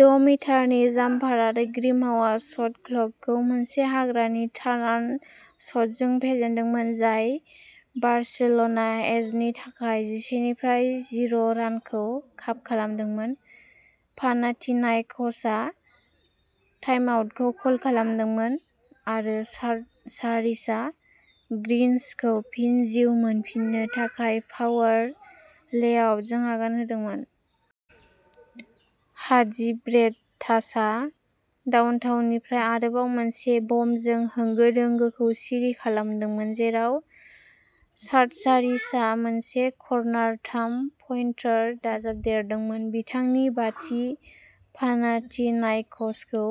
द'मिटारनि जाम्पार आरो ग्रिमाउआ शट क्ल'कखौ मोनसे हाग्रानि टार्नआरन्ड शटजों फेजेनदोंमोन जाय बार्सिल'ना एजनि थाखाय जिसेनिफ्राय जिर' रानखौ काप खालामदोंमोन। पानाथिनाइक'सआ टाइमआउटखौ कल खालामदोंमोन आरो सार्टसारिसआ ग्रीन्सखौ फिन जिउ मोनफिन्नो थाखाय पावार लेआउटजों आगान होदोंमोन। हाटजिभ्रेटासआ डाउनटाउननिफ्राय आरोबाव मोनसे बमजों होंगो दोंगोखौ सिरि खालामदोंमोन जेराव सार्टसारिसआ मोनसे कर्नार थाम-पइन्टार दाजाबदेरदोंमोन बिथांनि बाथि पानाथिनाइक'सखौ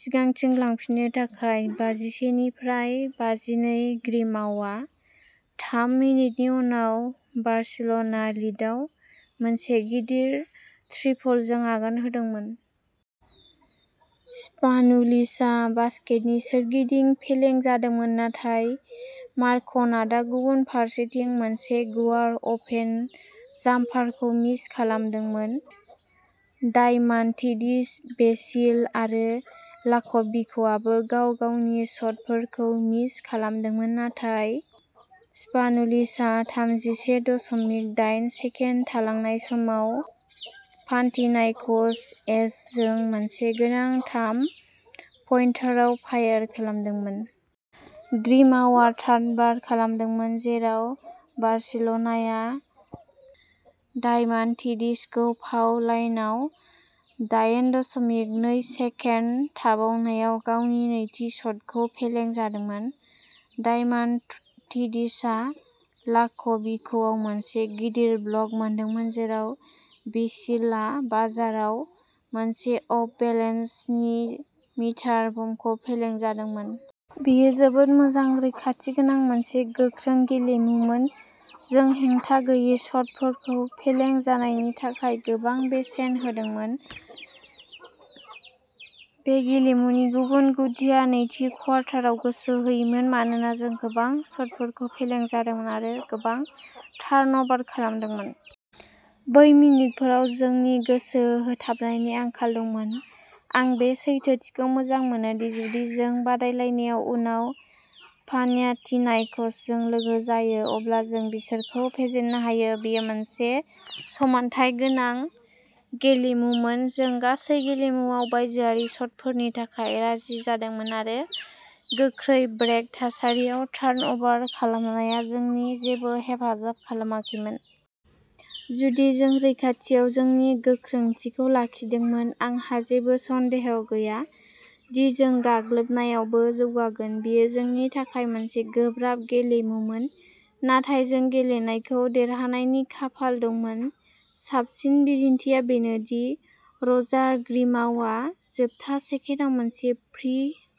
सिगांथिं लांफिन्नो थाखाय बाजिसेनिफ्राय बाजिनै ग्रिमाउआ थाम मिनिटनि उनाव बार्सिल'ना लिडआव मोनसे गिदिर ट्रिपलजों आगान होदोंमोन। स्पानुलिसआ बास्केटनि सोरगिदिं फेलें जादोंमोन नाथाय मार्क'नाट'आ गुबुन फारसेथिं मोनसे गुवार अपेन जाम्पारखौ मिस खालामदोंमोन। डायमान्टिडिस बेसिल आरो लाक'भिकआबो गाव-गावनि शटफोरखौ मिस खालामदोंमोन नाथाय स्पानुलिसआ थामजिसे दशमिक दाइन सेकेन्ड थालांनाय समाव पानथिनाइक'स एजजों मोनसे गोनां थाम पइन्टारआव फायार खालामदोंमोन। ग्रिमाउआ टार्नभार खालामदोंमोन जेराव बार्सिल'नाया डायमान्टिडिसखौ फाउ लाइनआव दाइन दशमिक नै सेकेन्ड थाबावनायाव गावनि नैथि शटखौ फेलें जादोंमोन। डायमान्टिडिसआ लाक'भिकआव मोनसे गिदिर ब्लक मोनदोंमोन जेराव बेसिलआ बाजारआव मोनसे अफ-बेलेन्स स्नि मिटार बमखौ फेलें जादोंमोन। बेयो जोबोद मोजां रैखाथि गोनां मोनसे गोख्रों गेलेमुमोन। जों हेंथा गैयै शटफोरखौ फेलें जानायनि थाखाय गोबां बेसेन होदोंमोन। बे गेलेमुनि गुबुन गुदिआ नैथि क्वार्टाराव गोसो होयिमोन मानोना जों गोबां शटफोरखौ फेलें जादोंमोन आरो गोबां टार्नअभार खालामदोंमोन। बै मिनिटफोराव जोंनि गोसो होथाबनायनि आंखाल दंमोन। आं बे सैथोथिखौ मोजां मोनो दि जुदि जों बादायलायनायाव उनाव पानाथिनाइकसजों लोगो जायो अब्ला जों बिसोरखौ फेजेननो हायो। बेयो मोनसे समानथाय गोनां गेलेमुमोन। जों गासै गेलेमुआव बायजोआरि शटफोरनि थाखाय राजि जादोंमोन आरो गोख्रै ब्रेक थासारियाव टार्नअभार खालामनाया जोंनि जेबो हेफाजाब खालामाखैमोन। जुदि जों रैखाथियाव जोंनि गोख्रोंथिखौ लाखिदोंमोन आंहा जेबो सन्देह गैया दि जों गाग्लोबनायावबो जौगागोन। बेयो जोंनि थाखाय मोनसे गोब्राब गेलेमुमोन नाथाय जों गेलेनायखौ देरहानायनि खाफाल दंमोन। साबसिन बिदिन्थिआ बेनो दि रजार ग्रिमाउआ जोबथा सेकेन्डआव मोनसे फ्री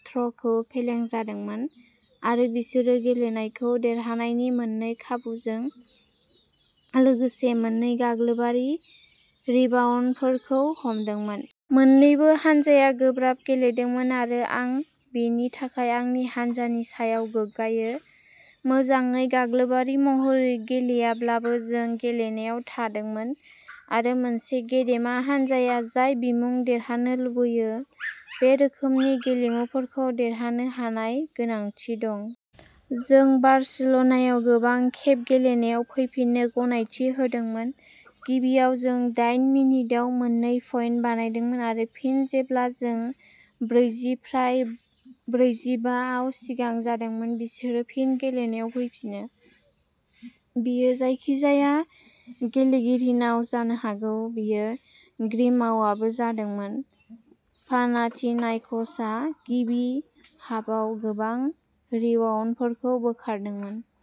थ्र'खौ फेलें जादोंमोन आरो बिसोरो गेलेनायखौ देरहानायनि मोननै खाबुजों लोगोसे मोन्नै गाग्लोबारि रिबाउन्डफोरखौ हमदोंमोन। मोन्नैबो हानजाया गोब्राब गेलेदोंमोन आरो आं बेनि थाखाय आंनि हानजानि सायाव गोग्गायो। मोजाङै गाग्लोबारि महरै गेलेयाब्लाबो जों गेलेनायाव थादोंमोन आरो मोनसे गेदेमा हानजाया जाय बिमुं देरहानो लुबैयो, बे रोखोमनि गेलेमुफोरखौ देरहानो हानाय गोनांथि दं। जों बार्सिल'नायाव गोबां खेब गेलेनायाव फैफिननो गनायथि होदोंमोन। गिबियाव जों दाइन मिनिटआव मोननै पइन्ट बानायदोंमोन आरो फिन जेब्ला जों ब्रैजिफ्राय ब्रैजिबा आव सिगां जादोंमोन बिसोरो फिन गेलेनायाव फैफिनो। बेयो जायखिजाया गेलेगिरिनाव जानो हागौ बेयो ग्रिमाउआवबो जादोंमोन। पानाथिनाइक'सआ गिबि हाफआव गोबां रिबाउन्डफोरखौ बोखारदोंमोन।